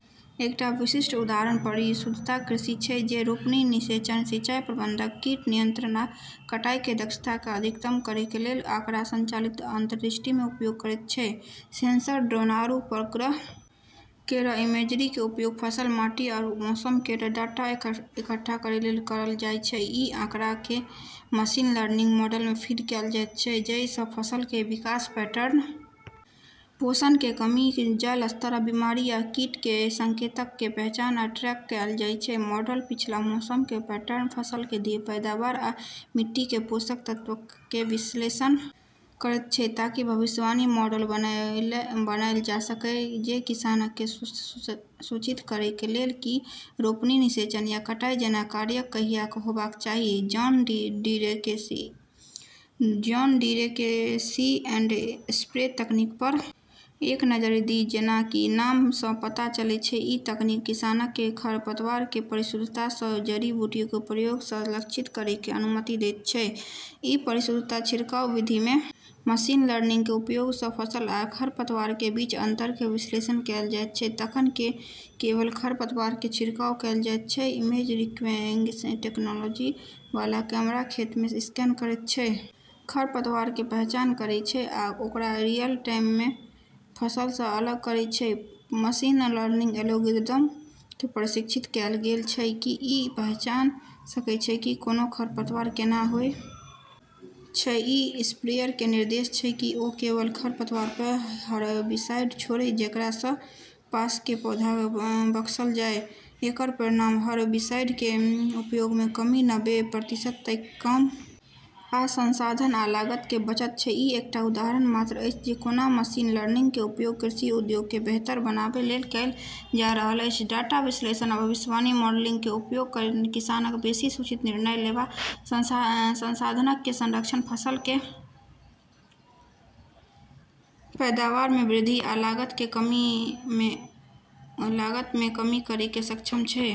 एकटा विशिष्ट उदाहरण परिशुद्धता कृषि छै जे रोपनी, निषेचन, सिंचाई प्रबंधन, कीट नियंत्रण आ कटाई कें दक्षता कें अधिकतम करय कें लेल आंकड़ा संचालित अंतर्दृष्टि कें उपयोग करयत छै, सेंसर, ड्रोन आरू उपग्रह केरऽ इमेजरी के उपयोग फसल, माटी आरू मौसम केरऽ डाटा इकट्ठा करै लेली करलऽ जाय छै, इ आंकड़ा कें मशीन लर्निंग मॉडल मे फीड कैल जायत छै, जइ सं फसल कें विकास पैटर्न, पोषण कें कमी, जल स्तर, आ बीमारी या कीट कें संकेतक कें पहचान आ ट्रैक कैल जायत छै, मॉडल पिछला मौसम कें पैटर्न, फसल कें पैदावार आ मिट्टी कें पोषक तत्वक कें विश्लेषण करयत छै ताकि भविष्यवाणी मॉडल बनायल जा सकय जे किसानक कें सूचित करय कें लेल की रोपनी, निषेचन या कटाई जैना कार्यक कहिया होबाक चाही, जॉन डीरे के सी एंड स्प्रे तकनीक पर एक नजरि दी जेना कि नाम सं पता चलय छै, इ तकनीक किसानक कें खरपतवार कें परिशुद्धता सं जड़ी-बूटी कें प्रयोग सं लक्षित करय कें अनुमति देयत छै, इ परिशुद्धता छिड़काव विधि मे मशीन लर्निंग कें उपयोग सं फसल आ खरपतवार कें बीच अंतर कें विश्लेषण कैल जायत छै तखन केवल खरपतवार कें छिड़काव कैल जायत छै, इमेज-रिकग्निशन टेक्नोलॉजी वाला कैमरा खेत कें स्कैन करयत छै, खरपतवारक कें पहचान करयत छै आ ओकरा रियल टाइम मे फसल सं अलग करयत छै, मशीन लर्निंग एल्गोरिदम कें प्रशिक्षित कैल गेल छै की इ पहचान सकय छै की कोनों खरपतवार कैना होय छै, इ स्प्रेयर कें निर्देश दै छै कि ओ केवल खरपतवार पर हरबिसाइड छोड़य, जेकरा सं पास कें पौधाक कें बख्शल जाय, एकर परिणाम हरबिसाइड कें उपयोग मे कमी नब्बे प्रतिशत तइक कम आ संसाधन आ लागत कें बचत छै, ई एकटा उदाहरण मात्र अछि जे कोना मशीन लर्निंग के उपयोग कृषि उद्योग के बेहतर बनाबय लेल कएल जा रहल अछि, डाटा विश्लेषण आ भविष्यवाणी मॉडलिंग कें उपयोग करयत किसानक बेसि सूचित निर्णय लेवा, संसाधनक कें संरक्षण, फसल कें पैदावार मे वृद्धि आ लागत मे कमी करय मे सक्षम छै।